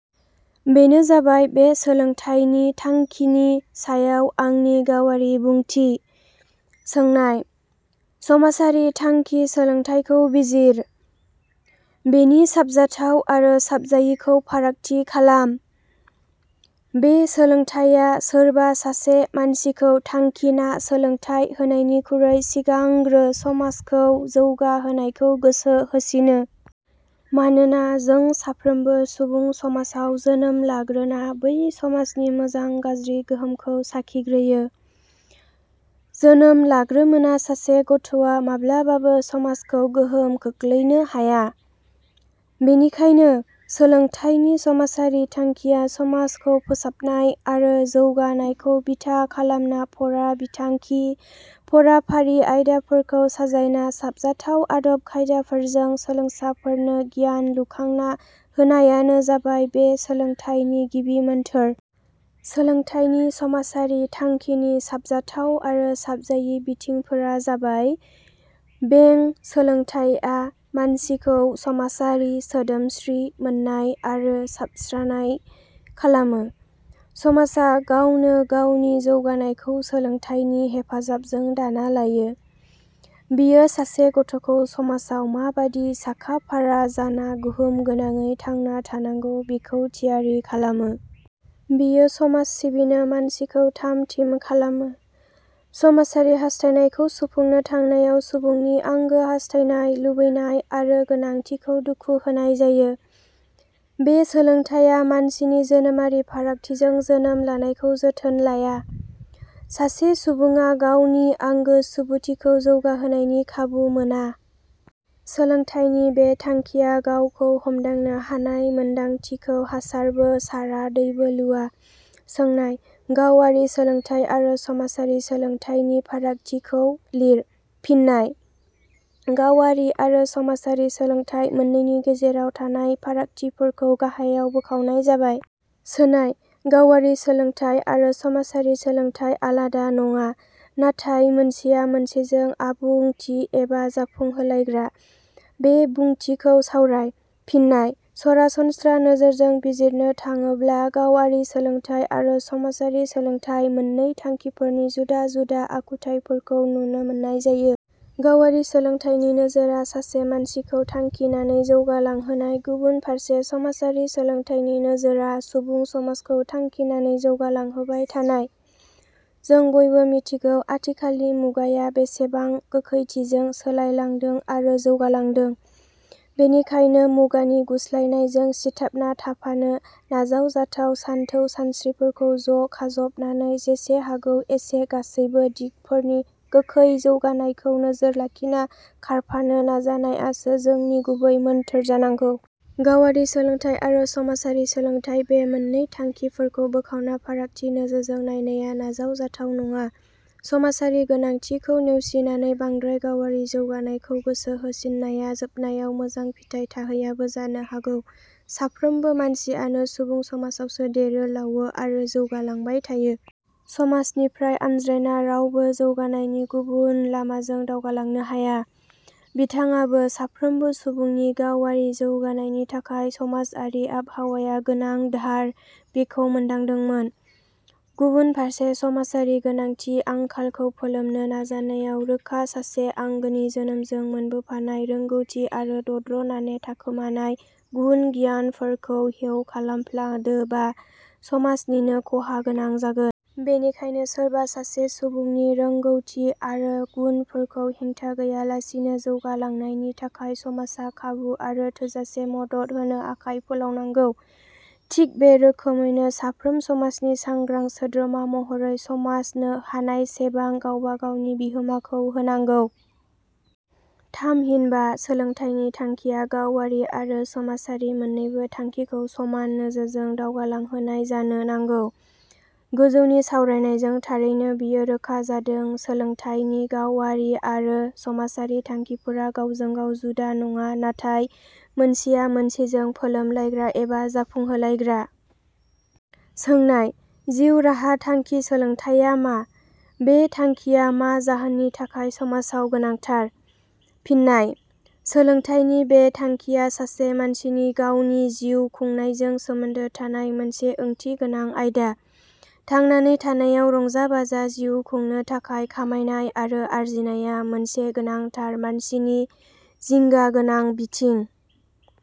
बेनो जाबाय बे सोलोंथाइनि थांखिनि सायाव आंनि गावारि बुंथि। सोंनाय –. समाजारि थांखि सोलोंथाइखौ बिजिर। बेनि साबजाथाव आरो साबजायिखौ फारागथि खालाम। बे सोलोंथाइया सोरबा सासे मानसिखौ थांखिना सोलोंथाइ होनायनिख्रुइ सिगांग्रो समाजखौ जौगाहोनायखौ गोसो होसिनो। मानोना जों साफ्रोमबो सुबुं समाजाव जोनोम लाग्रोना बै समाजनि मोजां-गाज्रि गोहोमखौ साखिग्रोयो। जोनोम लाग्रोमोना सासे गथ'वा माब्लाबाबो समाजखौ गोहोम खोखलैनो हाया। बेनिखायनो सोलोंथाइनि समाजारि थांखिया समाजखौ फोसाबनाय आरो जौगानायखौ बिथा खालामना फरा बिथांखि, फराफारि आयदाफोरखौ साजायना साबजाथाव आदब- खायदाफोरजों सोलोंसाफोरनो गियान लुखांना होनायानो जाबाय बे सोलोंथाइनि गिबि मोन्थोर। सोलोंथाइनि समाजारि थांखिनि साबजाथाव आरो साबजायि बिथिंफोरा जाबाय – बें सोलोंथाइया मानसिखौ समाजारि, सोद्रोमसि मोन्नाय आरो साबस्रानाय खालामो। समाजा गावनो गावनि जौगानायखौ सोलोंथाइनि हेफाजाबजों दाना लायो। बेयो सासे गथ'खौ समाजाव माबादि साखा-फारा जाना गोहोम गोनाङै थांना थानांगौ बेखौ थियारि खालामो। बेयो समाज सिबिनो मानसिखौ थामथिम खालामो। समाजारि हास्थायनायखौ सुफुंनो थांनायाव सुबुंनि आंगो हास्थायनाय, लुबैनाय आरो गोनांथिखौ दुखु होनाय जायो। बे सोलोंथाइया मानसिनि जोनोमारि फारागथिजों जोनोम लानायखौ जोथोन लाया। सासे सुबुङा गावनि आंगो सुबुथिखौ जौगाहोनायनि खाबु मोना। सोलोंथाइनि बे थांखिया गावखौ हमदांनो हानाय मोन्दांथिखौ हासारबो सारा दैबो लुवा। सोनाय –. गावआरि सोलोंथाइ आरो समाजारि सोलोंथाइनि फारागथिखौ लिर। फिन्नाय: गावआरि आरो समाजारि सोलोंथाइ मोन्नैनि गेजेराव थानाय फारागथिफोरखौ गाहायाव बोखावनाय जाबाय। सोनाय –. गावारि सोलोंथाइ आरो समाजारि सोलोंथाइ आलादा नङा, नाथाय मोनसेया मोनसेजों आबुंथि एबा जाफुंहोलायग्रा। बे बुंथिखौ सावराय। फिन्नाय: सरासनस्रा नोजोरजों बिजिरनो थाडोब्ला गावारि सोलोंथाइ आरो समाजारि सोलोंथाइ मोन्नै थांखिफोरनि जुदा-जुदा आखुथाइफोरखौ नुनो मोन्नाय जायो। गावारि सोलोंथाइनि नोजोरा सासे मानसिखौ थांखिनानै जौगालांहोनाय गुबुन फारसे समाजारि सोलोंथाइनि नोजोरा सुबुं समाजखौ थांखिनानै जौगालांहोबाय थानाय। जों बयबो मिथिगौ आथिखालनि मुगाया बेसेबां गोखैथिजों सोलाय लांदों आरो जौगालांदों। बेनिखायनो मुगानि गुस्लायनायजों सिथाबना थाफानो नाजावजाथाव सानथौ सानस्त्रिफोरखौ ज' खाजबनानै जेसे हागौ एसे गासैबो दिगफोरनि गोखै जौगानायखौ नोजोर लाखिना खारफानो नाजानायासो जोंनि गुबै मोन्थोर जानांगौ। गावारि सोलोंथाइ आरो समाजारि सोलोंथाइ बे मोन्नै थांखिफोरखौ बोखावना फारागथि नोजोरजों नायनाया नाजाव जाथाव नङा। समाजारि गोनांथिखौ नेउसिनानै बांद्राय गावारि जौगानायखौ गोसो होसिन्नाया जोबनायाव मोजां फिथाइ थाहैयाबो जानो हागौ। साफ्रोमबो मासियानो सुबुं समाजावसो देरो-लावो आरो जौगालांबाय थायो। समाजनिफ्राय आनज्रायना रावबो जौगानायनि गुबुन लामाजों दावगालांनो हाया।, बिथाङाबो साफ्रोमबो सुबुंनि गावारि जौगानायनि थाखाय समाजारि आबहावाया गोनांधार बेखौ मोन्दांदोंमोन। गुबुन फारसे समाजारि गोनांथि-आंखालखौ फोलोमनो नाजानायाव रोखा सासे आंगोनि जोनोमजों मोनबोफानाय रोंगौथि आरो दद्रनाने थाखोमानाय गुन-गियानफोरखौ हेव खालामफ्लांदोबा समाजनिनो ख 'हा गोनां जागोन। बेनिखायनो सोरबा सासे सुबुंनि रोंगौथि आरो गुनफोरखौ हेंथा गैयालासिनो जौगालांनायनि थाखाय समाजा खाबु आरो थोजासे मदद होनो आखाइ फोलावनांगौ। थिग बे रोखोमैनो साफ्रोम समाजनि सांग्रां सोद्रोमा महरै समाजनो हानायसेबां गावबा गावनि बिहोमाखौ होनांगौ। थामहिनबा सोलोंथाइनि थांखिया गावारि आरो समाजारि मोन्नैबो थांखिखौ समान नोजोरजों दावगालांहोनाय जानो नांगौ। गोजौनि सावरायनायजों थारैनो बेयो रोखा जादों सोलोंथाइनि गावारि आरो समाजारि थांखिफोरा गावजों गाव जुदा नङा नाथाय मोनसेया मोनसेजों फोलोमलायग्रा एबा जाफुंहोलायग्रा। सोंनाय-. जिउ राहा थांखि सोलोंथाइया मा? बे थांखिया मा जाहोननि थाखाय समाजाव गोनांथार। फिन्नाय: सोलोंथाइनि बे थाखिया सासे मानसिनि गावनि जिउ खुंनायजों सोमोन्दो थानाय मोनसे ओंथिगोनां आयदा। थांनानै थानायाव रंजा-बाजा जिउ खुंनो थाखाय खामायनाय आरो आरजिनाया मोनसे गोनांथार मानसिनि जिंगा गोनां बिथिं।